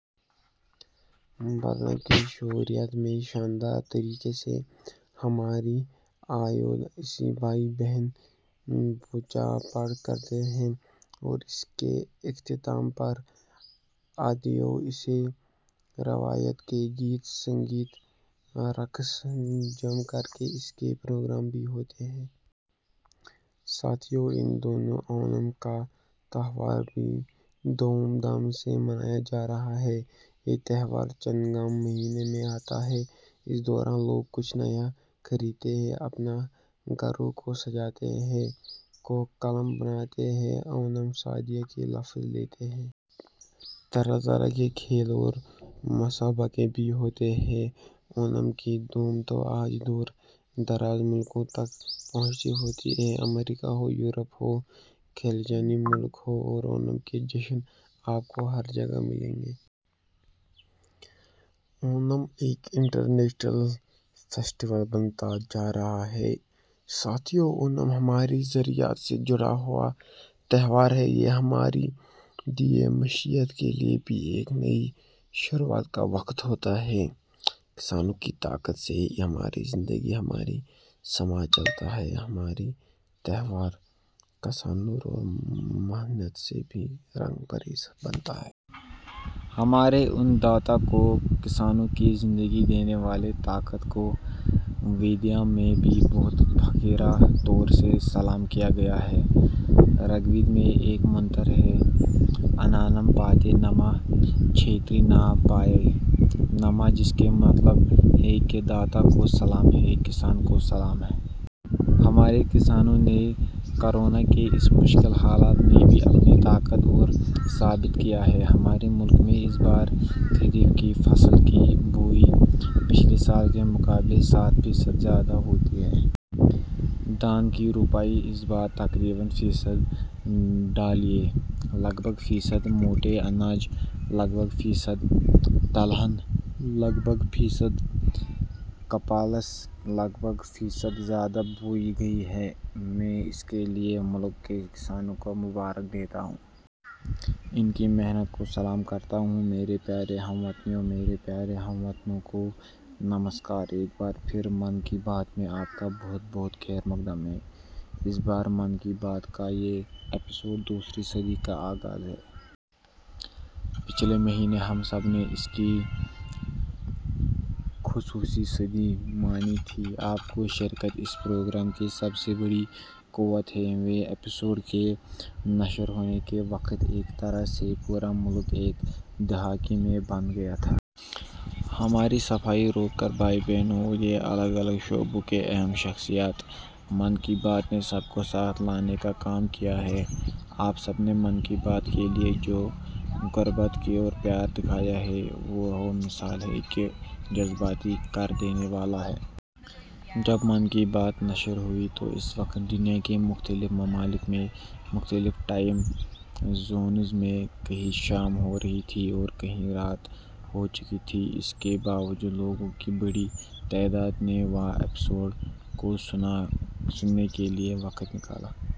برنا کی شروعات میں شاندار طریقے سے ہمارے آدیواسی بھائی بہن پوجاپاٹھ کرتے ہیں اور اس کے اختتام پر آدیواسی روایت کے گیت، سنگیت، رقص جم کرکے اس کے پروگرام بھی ہوتے ہیں۔ ساتھیو، ان دنوں اونم کا تہوار بھی دھوم دھام سے منایاجارہا ہے۔ یہ تہوار چن گم مہینے میں آتا ہے، اس دوران لوگ کچھ نیا خریدتے ہیں، اپنے گھروں کو سجاتے ہیں، کوک کلم بناتے ہیں، اونم – سادیہ کا لطف لیتے ہیں۔ طرح طرح کے کھیل اور مسابقے بھی ہوتے ہیں۔ اونم کی دھوم تو آج دور دراز ملکوں تک پہنچی ہوئی ہے، امریکہ ہو ، یورپ ہو یا خلیجی ملک ہوں اونم کا جشن آپ کو ہر جگہ مل جائے گا۔ اونم ایک انٹرنیشنل فیسٹول بنتا جارہا ہے۔ ساتھیو، اونم ہماری زراعت سے جڑا ہوا تہوار ہے، یہ ہماری دیہی معیشت کیلئے بھی ایک نئی شروعات کا وقت ہوتا ہے۔ کسانوں کی طاقت سے ہی تو ہماری زندگی، ہمارا سماج چلتا ہے، ہمارے تہوار کسانوں کی محنت سے ہی رنگ برنگے بنتے ہیں۔ ہمارے اَن داتا کو کسانوں کی زندگی دینے والی طاقت کو تو ویدوں میں بھی بہت فخریہ طور سے سلام کیا گیا ہے۔ رگ وید میں ایک منتر ہے۔ اَنّا نم پتائے نماہ چھیترا نام پتائے نماہ جس کا مطلب ہے اَن داتا کو سلام ہے ، کسان کو سلام ہے۔ ہمارے کسانوں نے کورونا کےاس مشکل حالات میں بھی اپنی طاقت کو ثابت کیا ہے۔ ہمارے ملک میں اس بار خریف کی فصل کی بوائی پچھلے سال کے مقابلے سات فیصد زیادہ ہوئی ہے۔ دھان کی روپائی اس بار تقریباً فیصد ، دالیں لگ بھگ فیصد، موٹے اناج لگ بھگ فیصد، تلہن لگ بھگ فیصد، کپاس لگ بھگ فیصد زیادہ بوئی گئی ہے۔ میں اس کے لئے ملک کے کسانوں کو مبارکباد دیتا ہوں۔ ان کی محنت کو سلام کرتا ہوں۔ میرے پیارے ہم وطنوٍ! میرے پیارے ہم وطنوں کو نمسکار! ایک بار پھر، 'من کی بات' میں آپ کا بہت بہت خیر مقدم ہے۔ اس بار 'من کی بات' کا یہ ایپیسوڈ دوسری صدی کا آغاز ہے۔ پچھلے مہینے ہم سب نے اس کی خصوصی صدی منائی تھی۔ آپ کی شرکت اس پروگرام کی سب سے بڑی قوت ہے، ویں ایپیسوڈ کے نشر ہونے کے وقت ایک طرح سے پورا ملک ایک دھاگے میں بندھ گیا تھا۔ ہمارے صفائی ورکر بھائی بہن ہوں یا الگ الگ شعبوں کی اہم شخصیات ،' من کی بات ' نے سب کو ساتھ لانے کا کام کیا ہے۔ آپ سب نے 'من کی بات' کے لیے جو قربت اور پیار دکھایا ہے وہ بے مثال ہے اور جذباتی کر دینے والا ہے۔ جب 'من کی بات' نشر ہوئی تو اس وقت دنیا کے مختلف ممالک میں مختلف ٹائم زونز میں کہیں شام ہو رہی تھی اور کہیں رات ہو چکی تھی، اس کے باوجود لوگوں کی بڑی تعداد نے ویں ایپیسوڈ کو سننے کے لیے وقت نکالا۔